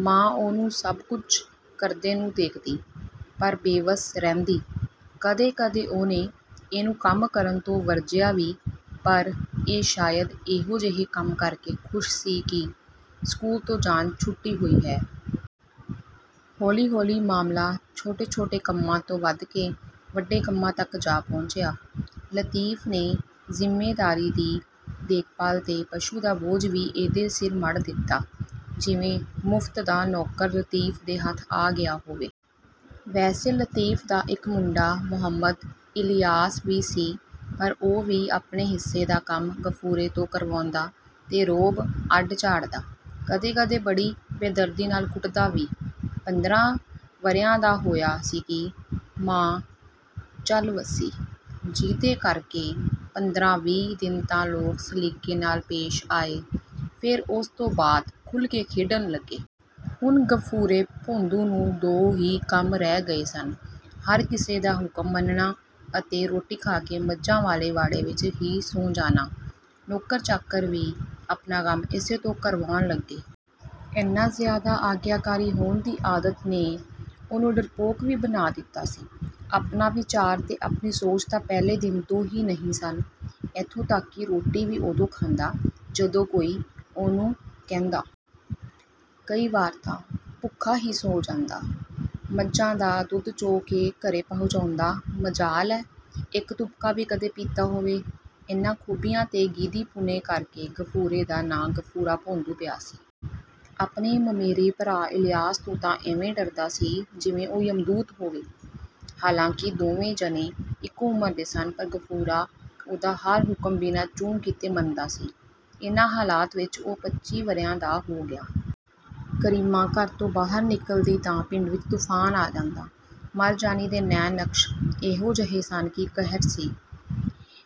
ਮਾਂ ਉਹਨੂੰ ਸਭ ਕੁਝ ਕਰਦੇ ਨੂੰ ਦੇਖਦੀ, ਪਰ ਬੇਵਸ ਰਹਿੰਦੀ। ਕਦੇ-ਕਦੇ ਉਹਨੇ ਇਹਨੂੰ ਕੰਮ ਕਰਨ ਤੋਂ ਵਰਜਿਆ ਵੀ, ਪਰ ਇਹ ਸ਼ਾਇਦ ਐਹੋ ਜਿਹੇ ਕੰਮ ਕਰ ਕੇ ਖੁਸ਼ ਸੀ ਕਿ ਸਕੂਲ ਤੋਂ ਜਾਨ ਛੁੱਟੀ ਹੋਈ ਹੈ। ਹੌਲੀ-ਹੌਲੀ ਮਾਮਲਾ ਛੋਟੇ-ਛੋਟੇ ਕੰਮਾਂ ਤੋਂ ਵਧ ਕੇ ਵੱਡੇ ਕੰਮਾਂ ਤੱਕ ਜਾ ਪਹੁੰਚਿਆ। ਲਤੀਫ ਨੇ ਜ਼ਿਮੀਂਦਾਰੀ ਦੀ ਦੇਖਭਾਲ ਤੇ ਪਸ਼ੂ ਦਾ ਬੋਝ ਵੀ ਇਹਦੇ ਸਿਰ ਮੜ੍ਹ ਦਿੱਤਾ, ਜਿਵੇਂ ਮੁਫ਼ਤ ਦਾ ਨੌਕਰ ਲਤੀਫ ਦੇ ਹੱਥ ਆ ਗਿਆ ਹੋਵੇ। ਵੈਸੇ ਲਤੀਫ ਦਾ ਇੱਕ ਮੁੰਡਾ ਮੁਹੰਮਦ ਇਲਿਆਸ ਵੀ ਸੀ, ਪਰ ਉਹ ਵੀ ਆਪਣੇ ਹਿੱਸੇ ਦਾ ਕੰਮ ਗਫੂਰੇ ਤੋਂ ਕਰਵਾਉਂਦਾ ਤੇ ਰੋਅਬ ਅੱਡ ਝਾੜਦਾ। ਕਦੇ-ਕਦੇ ਬੜੀ ਬੇਦਰਦੀ ਨਾਲ ਕੁੱਟਦਾ ਵੀ। ਪੰਦਰਾਂ ਵਰ੍ਹਿਆਂ ਦਾ ਹੋਇਆ ਸੀ ਕਿ ਮਾਂ ਚੱਲ ਵਸੀ, ਜਿਹਦੇ ਕਰ ਕੇ ਪੰਦਰਾਂ-ਵੀਹ ਦਿਨ ਤਾਂ ਲੋਕ ਸਲੀਕੇ ਨਾਲ ਪੇਸ਼ ਆਏ, ਫੇਰ ਉਸ ਤੋਂ ਬਾਅਦ ਖੁੱਲ੍ਹ ਕੇ ਖੇਡਣ ਲੱਗੇ। ਹੁਣ ਗਫੂਰੇ ਭੌਂਦੂ ਨੂੰ ਦੋ ਹੀ ਕੰਮ ਰਹਿ ਗਏ ਸਨ—ਹਰ ਕਿਸੇ ਦਾ ਹੁਕਮ ਮੰਨਣਾ ਅਤੇ ਰੋਟੀ ਖਾ ਕੇ ਮੱਝਾਂ ਵਾਲੇ ਵਾੜੇ ਵਿਚ ਹੀ ਸੌਂ ਜਾਣਾ। ਨੌਕਰ-ਚਾਕਰ ਵੀ ਆਪਣਾ ਕੰਮ ਇਸੇ ਤੋਂ ਕਰਵਾਉਣ ਲੱਗੇ। ਐਨਾ ਜ਼ਿਆਦਾ ਆਗਿਆਕਾਰੀ ਹੋਣ ਦੀ ਆਦਤ ਨੇ ਉਹਨੂੰ ਡਰਪੋਕ ਵੀ ਬਣਾ ਦਿੱਤਾ ਸੀ। ਆਪਣਾ ਵਿਚਾਰ ਤੇ ਆਪਣੀ ਸੋਚ ਤਾਂ ਪਹਿਲੇ ਦਿਨ ਤੋਂ ਹੀ ਨਹੀਂ ਸਨ। ਏਥੋਂ ਤੱਕ ਕਿ ਰੋਟੀ ਵੀ ਉਦੋਂ ਖਾਂਦਾ, ਜਦੋਂ ਕੋਈ ਉਹਨੂੰ ਕਹਿੰਦਾ। ਕਈ ਵਾਰ ਤਾਂ ਭੁੱਖਾ ਹੀ ਸੌਂ ਜਾਂਦਾ। ਮੱਝਾਂ ਦਾ ਦੁੱਧ ਚੋ ਕੇ ਘਰੇ ਪਹੁੰਚਾਉਂਦਾ। ਮਜਾਲ ਐ, ਇੱਕ ਤੁਪਕਾ ਵੀ ਕਦੇ ਪੀਤਾ ਹੋਵੇ। ਇਨ੍ਹਾਂ ਖੂਬੀਆਂ ਤੇ ਗੀਦੀਪੁਣੇ ਕਰ ਕੇ ਗਫੂਰੇ ਦਾ ਨਾਂ ਗਫੂਰਾ ਭੌਂਦੂ ਪਿਆ ਸੀ। ਆਪਣੇ ਮਮੇਰੇ ਭਰਾ ਇਲਿਆਸ ਤੋਂ ਤਾਂ ਇਵੇਂ ਡਰਦਾ ਸੀ, ਜਿਵੇਂ ਉਹ ਯਮਦੂਤ ਹੋਵੇ। ਹਾਲਾਂਕਿ ਦੋਵੇਂ ਜਣੇ ਇੱਕੋ ਉਮਰ ਦੇ ਸਨ, ਪਰ ਗਫੂਰਾ ਉਹਦਾ ਹਰ ਹੁਕਮ ਬਿਨਾ ਚੂੰ ਕੀਤੇ ਮੰਨਦਾ ਸੀ। ਇਨ੍ਹਾਂ ਹਾਲਾਤ ਵਿਚ ਉਹ ਪੱਚੀ ਵਰ੍ਹਿਆਂ ਦਾ ਹੋ ਗਿਆ। ਕਰੀਮਾਂ ਘਰ ਤੋਂ ਬਾਹਰ ਨਿਕਲਦੀ ਤਾਂ ਪਿੰਡ ਵਿਚ ਤੂਫ਼ਾਨ ਆ ਜਾਂਦਾ। ਮਰ ਜਾਣੀ ਦੇ ਨੈਣ-ਨਕਸ਼ ਇਹੋ ਜਿਹੇ ਸਨ ਕਿ ਕਹਿਰ ਸੀ।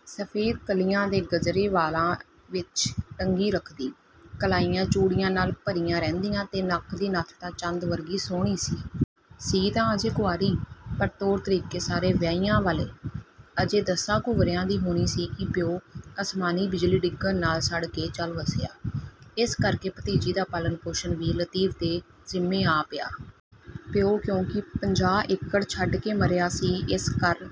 ਸਫ਼ੈਦ ਕਲੀਆਂ ਦੇ ਗਜਰੇ ਵਾਲਾਂ ਵਿਚ ਟੰਗੀ ਰੱਖਦੀ, ਕਲਾਈਆਂ ਚੂੜੀਆਂ ਨਾਲ ਭਰੀਆਂ ਰਹਿੰਦੀਆਂ ਤੇ ਨੱਕ ਦੀ ਨੱਥ ਤਾਂ ਚੰਦ ਵਰਗੀ ਸੁਹਣੀ ਸੀ। ਸੀ ਤਾਂ ਅਜੇ ਕੁਆਰੀ, ਪਰ ਤੌਰ-ਤਰੀਕੇ ਸਾਰੇ ਵਿਆਹੀਆਂ ਵਾਲੇ। ਅਜੇ ਦਸਾਂ ਕੁ ਵਰ੍ਹਿਆਂ ਦੀ ਹੋਣੀ ਸੀ ਕਿ ਪਿਉ ਅਸਮਾਨੀ ਬਿਜਲੀ ਡਿੱਗਣ ਨਾਲ ਸੜ ਕੇ ਚੱਲ ਵਸਿਆ। ਇਸ ਕਰ ਕੇ ਭਤੀਜੀ ਦਾ ਪਾਲਣ-ਪੋਸ਼ਣ ਵੀ ਲਤੀਫ ਦੇ ਜ਼ਿੰਮੇ ਆ ਪਿਆ। ਪਿਉ, ਕਿਉਂਕਿ ਪੰਜਾਹ ਏਕੜ ਛੱਡ ਕੇ ਮਰਿਆ ਸੀ, ਇਸ ਕਰ...